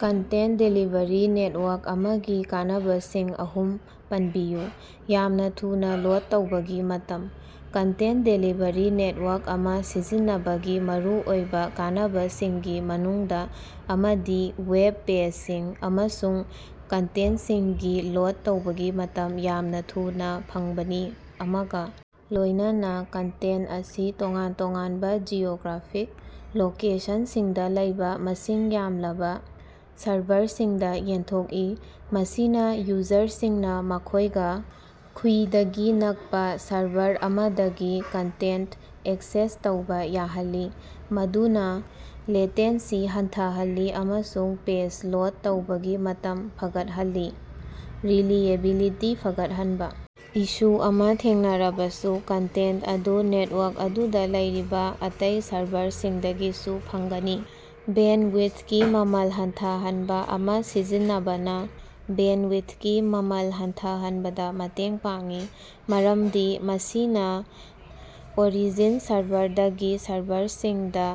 Content delivery network ꯑꯃꯒꯤ ꯀꯥꯟꯅꯕꯁꯤꯡ ꯑꯍꯨꯝ ꯄꯟꯕꯤꯌꯨ꯫ ꯌꯥꯝꯅ ꯊꯨꯅ ꯂꯣꯗ ꯇꯧꯕꯒꯤ ꯃꯇꯝ - ꯀꯟꯇꯦꯟꯠ ꯗꯦꯂꯤꯚꯔꯤ ꯅꯦꯠꯋꯥꯔꯛ ꯑꯃ ꯁꯤꯖꯤꯟꯅꯕꯒꯤ ꯃꯔꯨꯑꯣꯏꯕ ꯀꯥꯟꯅꯕꯁꯤꯡꯒꯤ ꯃꯅꯨꯡꯗ ꯑꯃꯗꯤ ꯋꯦꯕ ꯄꯦꯖꯁꯤꯡ ꯑꯃꯁꯨꯡ ꯀꯟꯇꯦꯟꯠ ꯁꯤꯡꯒꯤ ꯂꯣꯗ ꯇꯧꯕꯒꯤ ꯃꯇꯝ ꯌꯥꯝꯅ ꯊꯨꯅꯥ ꯐꯪꯕꯅꯤ꯫ ꯑꯃꯒ ꯂꯣꯏꯅꯅꯥ, ꯀꯟꯇꯦꯟꯠ ꯑꯁꯤ ꯇꯣꯉꯥꯟ-ꯇꯣꯉꯥꯟꯕ ꯖꯤꯑꯣꯒ꯭ꯔꯥꯐꯤꯛ ꯂꯣꯀꯦꯁꯟꯁꯤꯡꯗ ꯂꯩꯕ ꯃꯁꯤꯡ ꯌꯥꯝꯂꯕ ꯁꯔꯚꯔꯁꯤꯡꯗ ꯌꯦꯟꯊꯣꯛꯏ, ꯃꯁꯤꯅ ꯌꯨꯖꯔꯁꯤꯡꯅ ꯃꯈꯣꯏꯒ ꯈ꯭ꯋꯤꯏꯗꯒꯤ ꯅꯛꯄ ꯁꯔꯚꯔ ꯑꯃꯗꯒꯤ ꯀꯟꯇꯦꯟꯠ ꯑꯦꯛꯁꯦꯁ ꯇꯧꯕ ꯌꯥꯍꯜꯂꯤ, ꯃꯗꯨꯅ ꯂꯦꯇꯦꯟꯁꯤ ꯍꯟꯊꯍꯜꯂꯤ ꯑꯃꯁꯨꯡ ꯄꯦꯖ ꯂꯣꯗ ꯇꯧꯕꯒꯤ ꯃꯇꯝ ꯐꯒꯠꯍꯜꯂꯤ꯫ ꯔꯤꯂꯤꯑꯦꯕꯤꯂꯤꯇꯤ ꯐꯒꯠꯍꯟꯕ- ꯏꯁꯨ ꯑꯃ ꯊꯦꯡꯅꯔꯕꯁꯨ, ꯀꯟꯇꯦꯟꯠ ꯑꯗꯨ ꯅꯦꯠꯋꯥꯔꯛ ꯑꯗꯨꯗ ꯂꯩꯔꯤꯕ ꯑꯇꯩ ꯁꯔꯚꯔꯁꯤꯡꯗꯒꯤꯁꯨ ꯐꯪꯒꯅꯤ꯫ ꯕꯦꯟꯗꯋꯤꯊꯀꯤ ꯃꯃꯜ ꯍꯟꯊꯍꯟꯕ - ꯑꯃ ꯁꯤꯖꯤꯟꯅꯕꯅꯥ ꯕꯦꯟꯗꯋꯤꯊꯀꯤ ꯃꯃꯜ ꯍꯟꯊꯍꯟꯕꯗ ꯃꯇꯦꯡ ꯄꯥꯡꯏ, ꯃꯔꯝꯗꯤ ꯃꯁꯤꯅ ꯑꯣꯔꯤꯖꯤꯟ ꯁꯔꯚꯔꯗꯒꯤ ꯁꯔꯚꯔꯁꯤꯡꯗ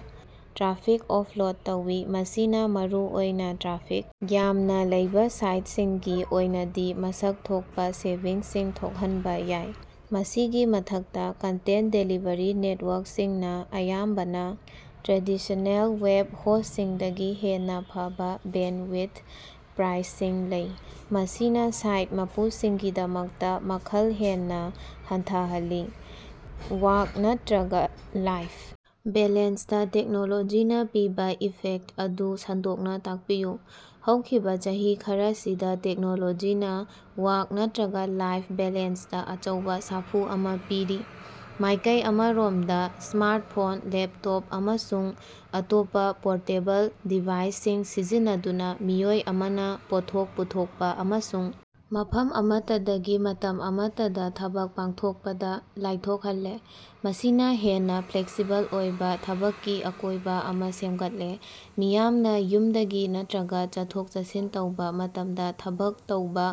ꯇ꯭ꯔꯥꯐꯤꯛ ꯑꯣꯐꯂꯣꯗ ꯇꯧꯏ꯫ ꯃꯁꯤꯅ ꯃꯔꯨꯑꯣꯏꯅ ꯇ꯭ꯔꯥꯐꯤꯛ ꯌꯥꯝꯅ ꯂꯩꯕ ꯁꯥꯏꯠꯁꯤꯡꯒꯤ ꯑꯣꯏꯅꯗꯤ ꯃꯁꯛ ꯊꯣꯛꯄ ꯁꯦꯚꯤꯡꯁꯤꯡ ꯊꯣꯛꯍꯟꯕ ꯌꯥꯏ꯫ ꯃꯁꯤꯒꯤ ꯃꯊꯛꯇ, ꯀꯟꯇꯦꯟꯠ ꯗꯦꯂꯤꯚꯔꯤ ꯅꯦꯠꯋꯥꯔꯛ ꯁꯤꯡꯅ ꯑꯌꯥꯝꯕꯅ ꯇ꯭ꯔꯦꯗꯤꯁꯅꯦꯜ ꯋꯦꯕ ꯍꯣꯁ꯭ꯇꯁꯤꯡꯗꯒꯤ ꯍꯦꯟꯅ ꯐꯕꯥ ꯕꯦꯟꯗꯋꯤꯊ ꯄ꯭ꯔꯥꯏꯁꯤꯡ ꯂꯩ, ꯃꯁꯤꯅ ꯁꯥꯏꯠ ꯃꯄꯨꯁꯤꯡꯒꯤꯗꯃꯛꯇ ꯃꯈꯜ ꯍꯦꯟꯅ ꯍꯟꯊꯍꯜꯂꯤ꯫ ꯋꯥꯔꯛ ꯅꯠꯇꯔ꯭ꯒ ꯂꯥꯏꯐ ꯕꯦꯂꯦꯟꯁꯇꯥ ꯇꯦꯛꯅꯣꯂꯣꯖꯤꯅ ꯄꯤꯕ ꯏꯐꯦꯛꯠꯇ ꯑꯗꯨ ꯁꯟꯗꯣꯛꯅ ꯇꯥꯛꯄꯤꯌꯨ꯫ ꯍꯧꯈꯤꯕ‌ ꯆꯍꯤ ꯈꯔꯁꯤꯗ ꯇꯦꯛꯅꯣꯂꯣꯖꯤꯅꯥ ꯋꯥꯔꯛ‌ ꯅꯠꯇꯔ꯭ꯒ ꯂꯥꯏꯐ ꯕꯦꯂꯦꯟꯁꯇꯥ ꯑꯆꯧꯕ ꯁꯥꯐꯨ ꯑꯃ ꯄꯤꯔꯤ꯫ ꯃꯥꯏꯀꯩ ꯑꯃꯔꯣꯝꯗ, ꯁ꯭ꯃꯥꯔꯇꯐꯣꯟ, ꯂꯦꯞꯇꯣꯞ, ꯑꯃꯁꯨꯡ ꯑꯇꯣꯞꯄ ꯄꯣꯔꯇꯦꯕꯜ ꯗꯤꯚꯥꯏꯁꯁꯤꯡ ꯁꯤꯖꯤꯟꯅꯗꯨꯅ ꯃꯤꯑꯣꯏ ꯑꯃꯅ ꯄꯣꯠꯊꯣꯛ ꯄꯨꯊꯣꯛꯄ ꯑꯃꯁꯨꯡ ꯃꯐꯝ ꯑꯃꯠꯇꯗꯒꯤ, ꯃꯇꯝ ꯑꯃꯠꯇꯗ ꯊꯕꯛ ꯄꯥꯡꯊꯣꯛꯄꯗ ꯂꯥꯏꯊꯣꯛꯍꯜꯂꯦ꯫ ꯃꯁꯤꯅ ꯍꯦꯟꯅ ꯐ꯭ꯂꯦꯛꯁꯤꯕꯜ ꯑꯣꯏꯕ ꯊꯕꯛꯀꯤ ꯑꯀꯣꯏꯕ ꯑꯃ ꯁꯦꯝꯒꯠꯂꯦ, ꯃꯤꯌꯥꯝꯅ ꯌꯨꯝꯗꯒꯤ ꯅꯠꯇꯔ꯭ꯒ ꯆꯠꯊꯣꯛ-ꯆꯠꯁꯤꯟ ꯇꯧꯕ ꯃꯇꯝꯗ ꯊꯕꯛ ꯇꯧꯕ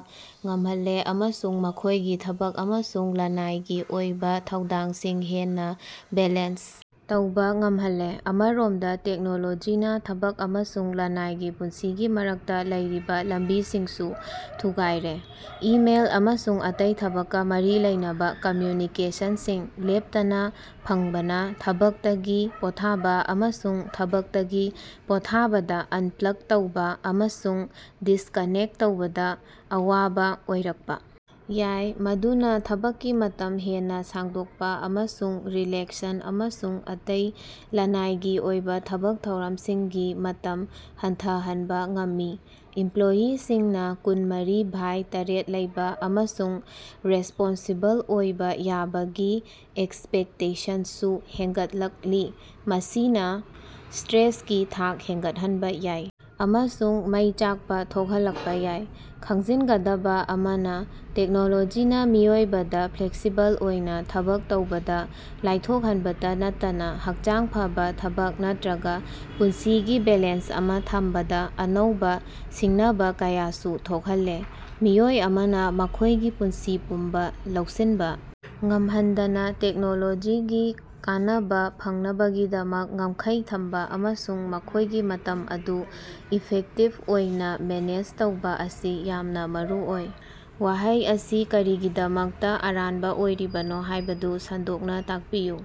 ꯉꯝꯍꯜꯂꯦ ꯑꯃꯁꯨꯡ ꯃꯈꯣꯏꯒꯤ ꯊꯕꯛ ꯑꯃꯁꯨꯡ ꯂꯅꯥꯏꯒꯤ ꯑꯣꯏꯕ ꯊꯧꯗꯥꯡꯁꯤꯡ ꯍꯦꯟꯅ ꯕꯦꯂꯦꯟꯁ ꯇꯧꯕ ꯉꯝꯍꯜꯂꯦ꯫ ꯑꯃꯔꯣꯝꯗ ꯇꯦꯛꯅꯣꯂꯣꯖꯤꯅ ꯊꯕꯛ ꯑꯃꯁꯨꯡ ꯂꯅꯥꯏꯒꯤ ꯄꯨꯟꯁꯤꯒꯤ ꯃꯔꯛꯇ ꯂꯩꯔꯤꯕ ꯂꯝꯕꯤꯁꯤꯡꯁꯨ ꯊꯨꯒꯥꯏꯔꯦ꯫ ꯏꯃꯦꯜ ꯑꯃꯁꯨꯡ ꯑꯇꯩ ꯊꯕꯛꯀ‌ ꯃꯔꯤ ꯂꯩꯅꯕ ꯀꯝꯃ꯭ꯌꯨꯅꯤꯀꯦꯁꯟꯁꯤꯡ ꯂꯦꯞꯇꯅꯥ ꯐꯪꯕꯅ, ꯊꯕꯛꯇꯒꯤ ꯄꯣꯠꯊꯥꯕ ꯑꯃꯁꯨꯡ ꯊꯕꯛꯇꯒꯤ ꯄꯣꯠꯊꯥꯕꯗꯥ ꯑꯟꯄ꯭ꯂꯛ ꯇꯧꯕ ꯑꯃꯁꯨꯡ ꯗꯤꯁꯀꯥꯅꯦꯛ ꯇꯧꯕꯗ ꯑꯋꯥꯕ ꯑꯣꯏꯔꯛꯄ ꯌꯥꯏ, ꯃꯗꯨꯅ ꯊꯕꯛꯀꯤ ꯃꯇꯝ ꯍꯦꯟꯅ ꯁꯥꯡꯗꯣꯛꯄ ꯑꯃꯁꯨꯡ ꯔꯤꯂꯦꯛꯁꯟ ꯑꯃꯁꯨꯡ ꯑꯇꯩ ꯂ꯭ꯅꯥꯏꯒꯤ ꯑꯣꯏꯕ ꯊꯕꯛ ꯊꯧꯔꯝꯁꯤꯡꯒꯤ ꯃꯇꯝ ꯍꯟꯊꯍꯟꯕ ꯉꯝꯃꯤ꯫ ꯏꯝꯄꯂꯣꯌꯤꯁꯤꯡꯅ ꯀꯨꯟꯃꯔꯤ ꯚꯥꯏ ꯇꯔꯦꯠ ꯂꯩꯕ ꯑꯃꯁꯨꯡ ꯔꯦꯁ꯭ꯄꯣꯟꯁꯤꯕꯜ ꯑꯣꯏꯕ ꯌꯥꯕꯒꯤ ꯑꯦꯛꯁꯄꯦꯛꯇꯦꯁꯟꯁꯨ ꯍꯦꯟꯒꯠꯂꯛꯂꯤ, ꯃꯁꯤꯅ ꯁ꯭ꯇꯔꯦꯁꯀꯤ ꯊꯥꯛ ꯍꯦꯟꯒꯠꯍꯟꯕ ꯌꯥꯏ ꯑꯃꯁꯨꯡ ꯃꯩ ꯆꯥꯛꯄ ꯊꯣꯛꯍꯜꯂꯛꯄ ꯌꯥꯏ꯫ ꯈꯪꯖꯤꯟꯒꯗꯕ ꯑꯃꯅ, ꯇꯦꯛꯅꯣꯂꯣꯖꯤꯅ ꯃꯤꯑꯣꯏꯕꯗ ꯐ꯭ꯂꯦꯛꯁꯤꯕꯜ ꯑꯣꯏꯅ ꯊꯕꯛ ꯇꯧꯕꯗ ꯂꯥꯏꯊꯣꯛꯍꯟꯕꯇꯥ ꯅꯠꯇꯅꯥ ꯍꯛꯆꯥꯡ ꯐꯕꯥ ꯊꯕꯛ ꯅꯠꯇꯔ꯭ꯒ ꯄꯨꯟꯁꯤꯒꯤ ꯕꯦꯂꯦꯟꯁ ꯑꯃ ꯊꯝꯕꯗ ꯑꯅꯧꯕ ꯁꯤꯡꯅꯕ ꯀꯌꯥꯁꯨ ꯊꯣꯛꯍꯜꯂꯦ꯫ ꯃꯤꯑꯣꯏ ꯑꯃꯅ ꯃꯈꯣꯏꯒꯤ ꯄꯨꯟꯁꯤ ꯄꯨꯝꯕ ꯂꯧꯁꯤꯟꯕ ꯉꯝꯍꯟꯗꯅꯥ ꯇꯦꯛꯅꯣꯂꯣꯖꯤꯒꯤ ꯀꯥꯟꯅꯕ ꯐꯪꯅꯕꯒꯤꯗꯃꯛ ꯉꯝꯈꯩ ꯊꯝꯕ ꯑꯃꯁꯨꯡ ꯃꯈꯣꯏꯒꯤ ꯃꯇꯝ ꯑꯗꯨ ꯏꯐꯦꯛꯇꯤꯕ ꯑꯣꯏꯅ ꯃꯦꯅꯦꯖ ꯇꯧꯕ ꯑꯁꯤ ꯌꯥꯝꯅ ꯃꯔꯨꯑꯣꯏ꯫ ꯋꯥꯍꯩ ꯑꯁꯤ ꯀꯔꯤꯒꯤꯗꯃꯛꯇ ꯑꯔꯥꯟꯕ ꯑꯣꯏꯔꯤꯕꯅꯣ ꯍꯥꯏꯕꯗꯨ ꯁꯟꯗꯣꯛꯅ ꯇꯥꯛꯄꯤꯌꯨ꯫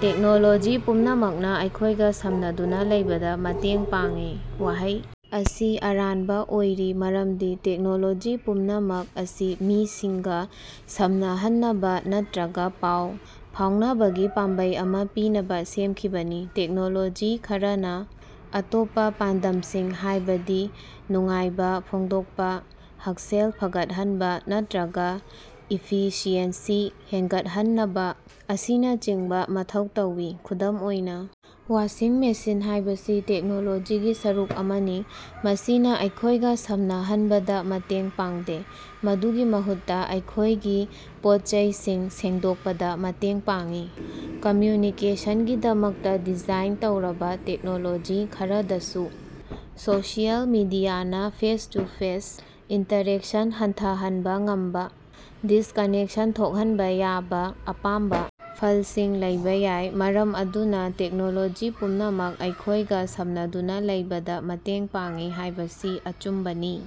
ꯇꯦꯛꯅꯣꯂꯣꯖꯤ ꯄꯨꯝꯅꯃꯛꯅ ꯑꯩꯈꯣꯏꯒ ꯁꯝꯅꯗꯨꯅꯥ ꯂꯩꯕꯗ ꯃꯇꯦꯡ ꯄꯥꯡꯏ꯫ ꯋꯥꯍꯩ ꯑꯁꯤ ꯑꯔꯥꯟꯕ ꯑꯣꯏꯔꯤ ꯃꯔꯝꯗꯤ ꯇꯦꯛꯅꯣꯂꯣꯖꯤ ꯄꯨꯝꯅꯃꯛ ꯑꯁꯤ ꯃꯤꯁꯤꯡꯒ ꯁꯝꯅꯍꯟꯅꯕ ꯅꯠꯇꯔ꯭ꯒ ꯄꯥꯎ ꯐꯥꯎꯅꯕꯒꯤ ꯄꯥꯝꯕꯩ ꯑꯃꯥ ꯄꯤꯅꯕꯥ ꯁꯦꯝꯈꯤꯕꯅꯤ꯫ ꯇꯦꯛꯅꯣꯂꯣꯖꯤ ꯈꯔꯅꯥ ꯑꯇꯣꯞꯄ ꯄꯥꯟꯗꯝꯁꯤꯡ ꯍꯥꯏꯕꯗꯤ ꯅꯨꯡꯉꯥꯏꯕ ꯐꯣꯡꯗꯣꯛꯄ, ꯍꯛꯁꯦꯜ ꯐꯒꯠꯍꯟꯕ ꯅꯠꯇꯔ꯭ꯒ ꯏꯐꯤꯁꯤꯑꯦꯟꯁꯤ ꯍꯦꯟꯒꯠꯍꯟꯅꯕ ꯑꯁꯤꯅꯆꯤꯡꯕ ꯃꯊꯧ ꯇꯧꯏ꯫ ꯈꯨꯗꯝ ꯑꯣꯏꯅ, ꯋꯥꯁꯤꯡ ꯃꯦꯁꯤꯟ ꯍꯥꯏꯕꯁꯤ ꯇꯦꯛꯅꯣꯂꯣꯖꯤꯒꯤ ꯁꯔꯨꯛ ꯑꯃꯅꯤ, ꯃꯁꯤꯅ ꯑꯩꯈꯣꯏꯒ ꯁꯝꯅꯍꯟꯕꯗꯥ ꯃꯇꯦꯡ ꯄꯥꯡꯗꯦ, ꯃꯗꯨꯒꯤ ꯃꯍꯨꯠꯇ ꯑꯩꯈꯣꯏꯒꯤ ꯄꯣꯠꯆꯩꯁꯤꯡ ꯁꯦꯡꯗꯣꯛꯄꯗ ꯃꯇꯦꯡ ꯄꯥꯡꯏ꯫ ꯀꯝꯃ꯭ꯌꯨꯅꯤꯀꯦꯁꯟꯒꯤꯗꯃꯛꯇ ꯗꯤꯖꯥꯏꯟ ꯇꯧꯔꯕꯥ ꯇꯦꯛꯅꯣꯂꯣꯖꯤ ꯈꯔꯗꯁꯨ, ꯁꯣꯁꯤꯑꯦꯜ ꯃꯤꯗꯤꯌꯥꯅꯥ ꯐꯦꯁ-ꯇꯨ-ꯐꯦꯁ ꯏꯟꯇꯔꯦꯛꯁꯟ ꯍꯟꯊꯍꯟꯕ ꯉꯝꯕꯥ, ꯗꯤꯁꯀꯥꯅꯦꯛꯁꯟ ꯊꯣꯛꯍꯟꯕ ꯌꯥꯕ ꯑꯄꯥꯝꯕ ꯐꯜꯁꯤꯡ ꯂꯩꯕ ꯌꯥꯏ꯫ ꯃꯔꯝ ꯑꯗꯨꯅ ꯇꯦꯛꯅꯣꯂꯣꯖꯤ ꯄꯨꯝꯅꯃꯛ ꯑꯩꯈꯣꯏꯒ ꯁꯝꯅꯗꯨꯅ ꯂꯩꯕꯗ ꯃꯇꯦꯡ ꯄꯥꯡꯏ ꯍꯥꯏꯕꯁꯤ ꯑꯆꯨꯝꯕꯅꯤ꯫